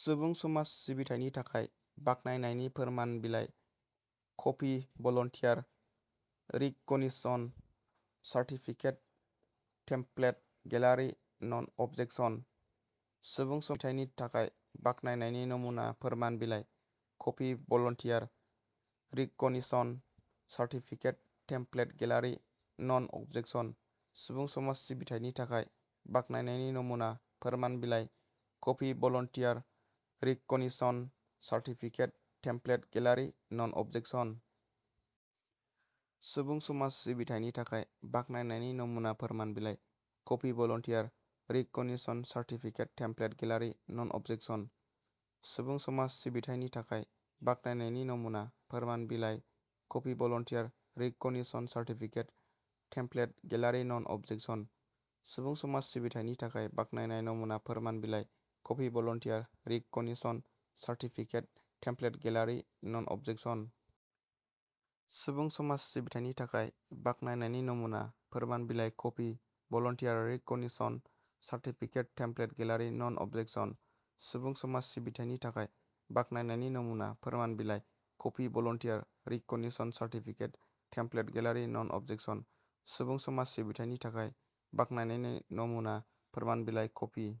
सुबुं समाज सिबिथायनि थाखाय बाख्नायनायनि फोरमान बिलाइ copy volunteer recognition certificate template गेलारि नन अबजेकसन। सुबुं समाज सिबिथायनि थाखाय बाख्नायनायनि नमुना फोरमान बिलाइ copy volunteer recognition certificate template गेलारि नन अबजेकसन। सुबुं समाज सिबिथायनि थाखाय बाख्नायनायनि नमुना फोरमान बिलाइ copy volunteer recognition certificate template गेलारि नन अबजेकसन। सुबुं समाज सिबिथायनि थाखाय बाख्नायनायनि नमुना फोरमान बिलाइ copy volunteer recognition certificate template गेलारि नन अबजेकसन। सुबुं समाज सिबिथायनि थाखाय बाख्नायनायनि नमुना फोरमान बिलाइ copy volunteer recognition certificate template गेलारि नन अबजेकसन। सुबुं समाज सिबिथायनि थाखाय बाख्नायनायनि नमुना फोरमान बिलाइ copy volunteer recognition certificate template गेलारि नन अबजेकसन। सुबुं समाज सिबिथायनि थाखाय बाख्नायनायनि नमुना फोरमान बिलाइ copy volunteer recognition certificate template गेलारि नन अबजेकसन। सुबुं समाज सिबिथायनि थाखाय बाख्नायनायनि नमुना फोरमान बिलाइ copy volunteer recognition certificate template गेलारि नन अबजेकसन। सुबुं समाज सिबिथायनि थाखाय बाख्नायनायनि नमुना फोरमान बिलाइ copy.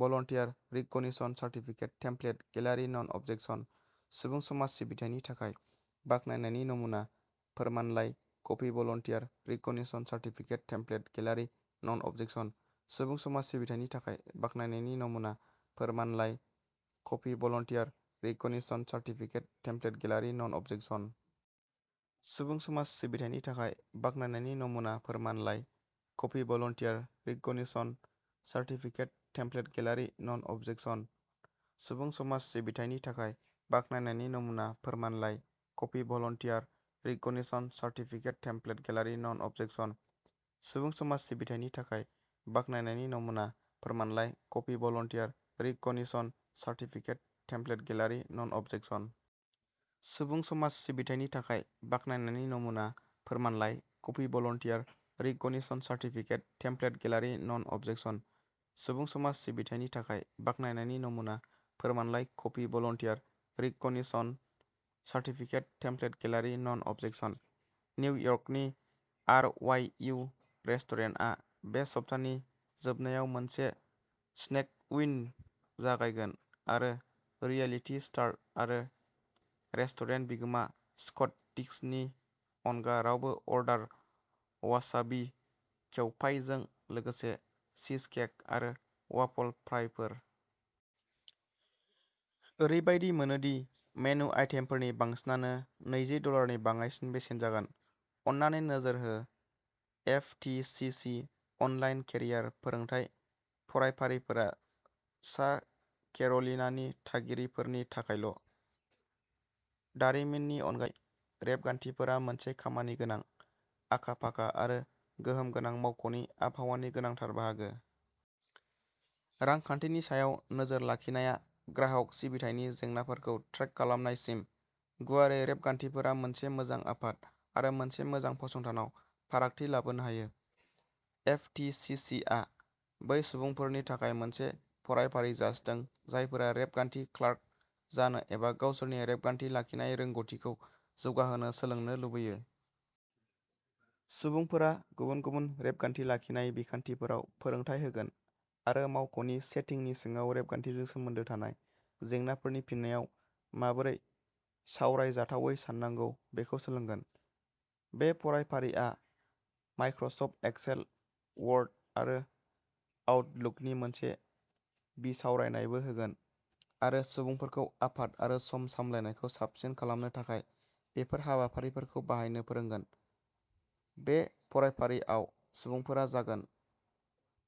Volunteer recognition certificate template गेलारि नन अबजेकसन। सुबुं समाज सिबिथायनि थाखाय बाख्नायनायनि नमुना फोरमानलाइ copy volunteer recognition certificate template गेलारि नन अबजेकसन। सुबुं समाज सिबिथायनि थाखाय बाख्नायनायनि नमुना फोरमानलाइ copy volunteer recognition certificate template गेलारि नन अबजेकसन। सुबुं समाज सिबिथायनि थाखाय बाख्नायनायनि नमुना फोरमानलाइ copy volunteer recognition certificate template गेलारि नन अबजेकसन। सुबुं समाज सिबिथायनि थाखाय बाख्नायनायनि नमुना फोरमानलाइ copy volunteer recognition certificate template गेलारि नन अबजेकसन। सुबुं समाज सिबिथायनि थाखाय बाख्नायनायनि नमुना फोरमानलाइ copy volunteer recognition certificate template गेलारि नन अबजेकसन। सुबुं समाज सिबिथायनि थाखाय बाख्नायनायनि नमुना फोरमानलाइ copy volunteer recognition certificate template गेलारि नन अबजेकसन। सुबुं समाज सिबिथायनि थाखाय बाख्नायनायनि नमुना फोरमानलाइ copy volunteer recognition certificate template गेलारि नन अबजेकसन। निउयर्कनि आर वाइ इउ रेस्टुरेन्टआ बे सप्तानि जोबनायाव मोनसे स्नेक उइन्ड' जागायगोन आरो रियेलिटि स्टार आरो रेस्टुरेन्ट बिगोमा स्कट डिस्कनि अनगा रावबो अर्डार वासाबी केउपाइजों लोगोसे चीजकेक आरो वाफल फ्राइफोर। ओरैबायदि मोनो दि मेनु आइटेमफोरनि बांसिनानो नैजि डलारनि बाङाइसिन बेसेन जागोन। अन्नानै नोजोर हो F T C C online career फोरोंथाय फरायफारिफोरा सा केर'लिनानि थागिरिफोरनि थाखायल'। दारिमिननि अनगायै, रेबगान्थिफोरा मोनसे खामानिगोनां, आखा-फाखा आरो गोहोम गोनां मावख'नि आबहावानि गोनांथार बाहागो। रांखान्थिनि सायाव नोजोर लाखिनाया ग्राहक सिबिथायनि जेंनाफोरखौ ट्रेक खालामनायसिम, गुवारै रेबगान्थिफोरा मोनसे मोजां आफाद आरो मोनसे मोजां फसंथानाव फारागथि लाबोनो हायो। एफ टि सि सि आ बै सुबुंफोरनि थाखाय मोनसे फरायफारि जासिदों जायफोरा रेबगान्थि क्लार्क जानो एबा गावसोरनि रेबगान्थि लाखिनाय रोंग'थिखौ जौगाहोनो सोलोंनो लुबैयो। सुबुंफोरा गुबुन-गुबुन रेबगान्थि लाखिनाय बिखान्थिफोराव फोरोंथाय होगोन आरो मावख'नि सेटिंनि सिङाव रेबगान्थिजों सोमोन्दो थानाय जेंनाफोरनि फिननायाव माबोरै सावरायजाथावै साननांगौ बेखौ सोलोंगोन। बे फरायफारिआ माइक्र'सफ्ट एक्सेल, वर्ड आरो आउटलुकनि मोनसे बिसावरायनायबो होगोन आरो सुबुंफोरखौ आफाद आरो सम सामलायनायखौ साबसिन खालामनो थाखाय बेफोर हाबाफारिफोरखौ बाहायनो फोरोंगोन। बे फरायफारिआव सुबुंफोरा जागोन।